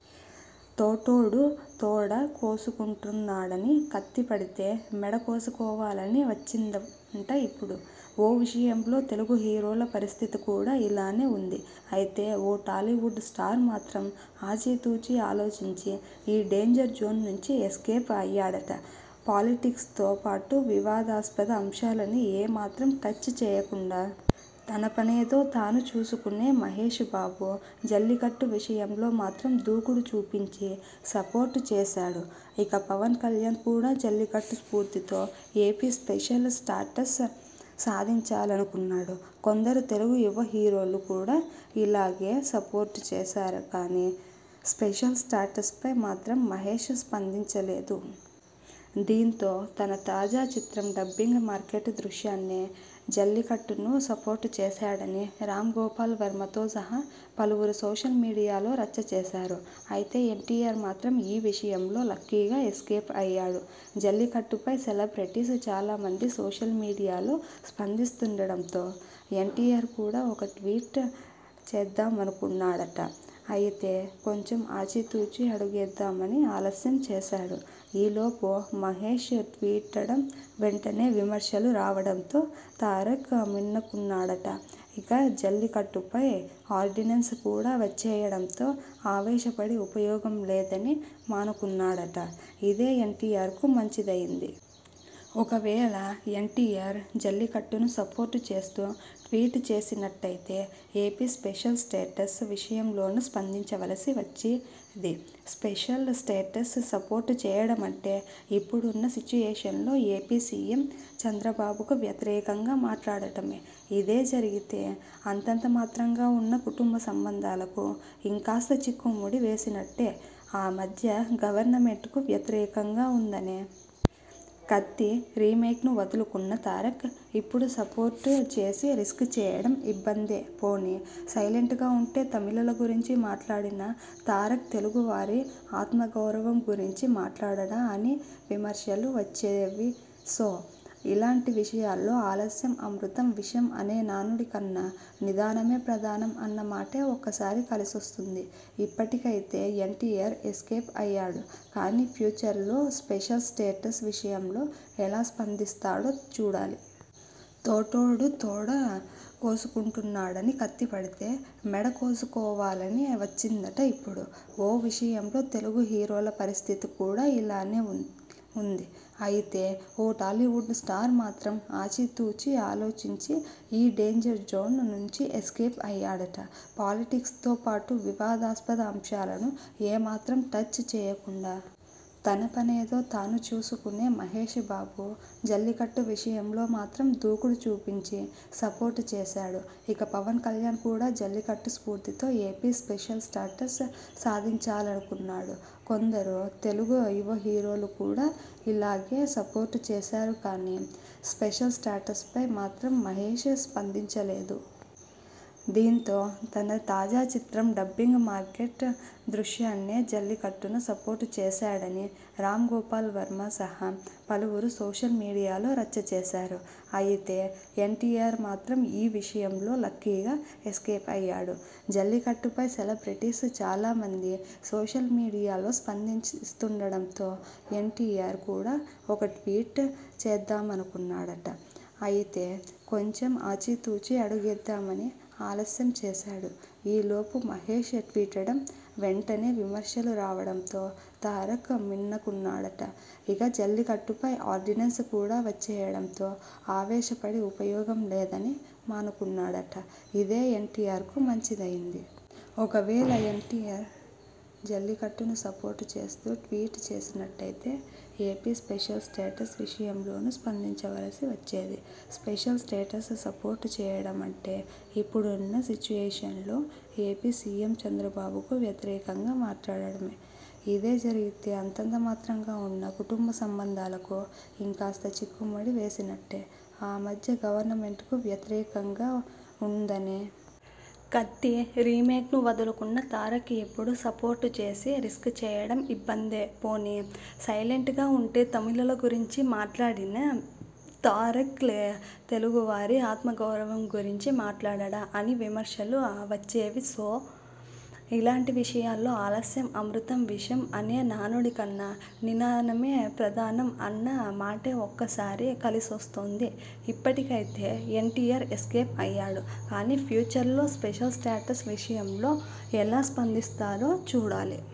తోటోడు తొడ కోసుకుంటున్నాడని కత్తి పడితే మెడ కోసుకోవలసి వచ్చిందటఇప్పుడు ఓ విషయంలో తెలుగు హీరోల పరిస్థితి కూడా ఇలాగే ఉందిఅయితే ఓ టాలీవుడ్ స్టార్ మాత్రం ఆచితూచి ఆలోచించి ఈ డేంజర్ జోన్ నుంచి ఎస్కేప్ అయ్యాడట.. పాలిటిక్స్తో పాటు వివాదాస్పద అంశాలను ఏమాత్రం టచ్ చేయకుండా.. తన పనేదో తాను చూసుకునే మహేశ్ బాబు.. 'జల్లికట్టు' విషయంలో మాత్రం దూకుడు చూపించి సపోర్ట్ చేశాడుఇక పవన్ కళ్యాణ్ కూడా జల్లికట్టు స్పూర్తితో ఏపీ స్పెషల్ స్టాటస్ సాధించాలనుకున్నాడు కొందరు తెలుగు యువహీరోలు కూడా ఇలాగే సపోర్ట్ చేశారుకానీ.. స్పెషల్ స్టాటస్ పై మాత్రం మహేశ్ స్పందించలేదు. దీంతో తన తాజా చిత్రం డబ్బింగ్ మార్కెట్ దృష్ట్యానే జల్లికట్టును సపోర్ట్ చేశాడని రామ్ గోపాల్ వర్మతో సహా పలువురు సోషల్ మీడియాలో రచ్చచేశారుఅయితే ఎన్టీఆర్ మాత్రం ఈ విషయంలో లక్కీగా ఎస్కేప్ అయ్యాడుజల్లికట్టుపై సెలబ్రిటీస్ చాలామంది సోషల్ మీడియాలో స్పందిస్తుండడంతో.. ఎన్టీఆర్ కూడా ఓ ట్వీట్ ట్వేటేద్దామనుకున్నాడటఅయితే కొంచెం ఆచితూచి అడుగేద్దామని ఆలస్యం చేశాడుఈలోపు మహేశ్ ట్వీటడంవెంటనే విమర్శలు రావడంతో తారక్ మిన్నకున్నాడటఇక జల్లికట్టుపై ఆర్డినెన్స్ కూడా వచ్చేయడంతో ఆవేశపడి ఉపయోగం లేదని మానుకున్నాడటఇదే ఎన్టీఆర్కు మంచిదయింది. ఒకవేళ ఎన్టీఆర్ జల్లికట్టును సపోర్ట్ చేస్తూ ట్వీట్ చేసినట్టయితేఏపీ స్పెషల్ స్టేటస్ విషయంలోనూ స్పందించవలసి వచ్చేదిస్పెషల్ స్టేటస్ సపోర్ట్ చేయడమంటే.. ఇప్పుడున్న సిట్యువేషన్లో ఏపీ సీఎం చంద్రబాబుకు వ్యతిరేకంగా మాట్లాడటమేఇదే జరిగితే.. అంతంతమాత్రంగా ఉన్న కుటుంబ సంబంధాలకు.. ఇంకాస్త చిక్కుముడి వేసినట్టేఆమధ్య గవర్నమెంట్కు వ్యతిరేకంగా ఉందనే.. 'కత్తి' రీమేక్ను వదులుకున్న తారక్ఇప్పుడు సపోర్ట్ చేసి రిస్క్ చేయడం ఇబ్బందేపోనీ.. సైలెంట్గా ఉంటే తమిళుల గురించి మాట్లాడిన తారక్తెలుగువారి ఆత్మగౌరవం గురించి మాట్లాడడా అని విమర్శలు వచ్చేవిసో ఇలాంటి విషయాల్లో ఆలస్యం అమృతం విషం అనే నానుడి కన్నా.. నిదానమే ప్రధానం అన్న మాటే ఒక్కోసారి కలిసొస్తుందిఇప్పటికైతే ఎన్టీఆర్ ఎస్కేప్ అయ్యాడు కానీ ఫ్యూచర్లో స్పెషల్ స్టేటస్ విషయంలో ఎలా స్పందిస్తాడో చూడాలి..! తోటోడు తొడ కోసుకుంటున్నాడని కత్తి పడితే మెడ కోసుకోవలని వచ్చిందటఇప్పుడు ఓ విషయంలో తెలుగు హీరోల పరిస్థితి కూడా ఇలాగే ఉందిఅయితే ఓ టాలీవుడ్ స్టార్ మాత్రం ఆచితూచి ఆలోచించి ఈ డేంజర్ జోన్ నుంచి ఎస్కేప్ అయ్యాడట.. పాలిటిక్స్తో పాటు వివాదాస్పద అంశాలను ఏమాత్రం టచ్ చేయకుండా.. తన పనేదో తాను చూసుకునే మహేశ్ బాబు.. 'జల్లికట్టు' విషయంలో మాత్రం దూకుడు చూపించి సపోర్ట్ చేశాడుఇక పవన్ కళ్యాణ్ కూడా జల్లికట్టు స్పూర్తితో ఏపీ స్పెషల్ స్టాటస్ సాధించాలనుకున్నాడుకొందరు తెలుగు యువహీరోలు కూడా ఇలాగే సపోర్ట్ చేశారుకానీ.. స్పెషల్ స్టాటస్ పై మాత్రం మహేశ్ స్పందించలేదు. దీంతో తన తాజా చిత్రం డబ్బింగ్ మార్కెట్ దృశ్యంనే జల్లికట్టును సపోర్ట్ చేశాడని రామ్ గోపాల్ వర్మ సహా పలువురు సోషల్ మీడియాలో రచ్చచేశారుఅయితే ఎన్టీఆర్ మాత్రం ఈ విషయంలో లక్కీగా ఎస్కేప్ అయ్యాడుజల్లికట్టుపై సెలబ్రిటీస్ చాలామంది సోషల్ మీడియాలో స్పందిస్తుండడంతో.. ఎన్టీఆర్ కూడా ఓ ట్వీట్ ట్వేటేద్దామనుకున్నాడటఅయితే కొంచెం ఆచితూచి అడుగేద్దామని ఆలస్యం చేశాడుఈలోపు మహేశ్ ట్వీటడంవెంటనే విమర్శలు రావడంతో తారక్ మిన్నకున్నాడటఇక జల్లికట్టుపై ఆర్డినెన్స్ కూడా వచ్చేయడంతో ఆవేశపడి ఉపయోగం లేదని మానుకున్నాడటఇదే ఎన్టీఆర్కు మంచిదయింది. ఒకవేళ ఎన్టీఆర్ జల్లికట్టును సపోర్ట్ చేస్తూ ట్వీట్ చేసినట్టయితేఏపీ స్పెషల్ స్టేటస్ విషయంలోనూ స్పందించవలసి వచ్చేదిస్పెషల్ స్టేటస్ సపోర్ట్ చేయడమంటే.. ఇప్పుడున్న సిట్యువేషన్లో ఏపీ సీఎం చంద్రబాబుకు వ్యతిరేకంగా మాట్లాడటమేఇదే జరిగితే.. అంతంతమాత్రంగా ఉన్న కుటుంబ సంబంధాలకు.. ఇంకాస్త చిక్కుముడి వేసినట్టేఆమధ్య గవర్నమెంట్కు వ్యతిరేకంగా ఉందనే.. 'కత్తి' రీమేక్ను వదులుకున్న తారక్ఇప్పుడు సపోర్ట్ చేసి రిస్క్ చేయడం ఇబ్బందేపోనీ.. సైలెంట్గా ఉంటే తమిళుల గురించి మాట్లాడిన తారక్తెలుగువారి ఆత్మగౌరవం గురించి మాట్లాడడా అని విమర్శలు వచ్చేవిసో ఇలాంటి విషయాల్లో ఆలస్యం అమృతం విషం అనే నానుడి కన్నా.. నిదానమే ప్రధానం అన్న మాటే ఒక్కోసారి కలిసొస్తుందిఇప్పటికైతే ఎన్టీఆర్ ఎస్కేప్ అయ్యాడు కానీ ఫ్యూచర్లో స్పెషల్ స్టేటస్ విషయంలో ఎలా స్పందిస్తాడో చూడాలి..!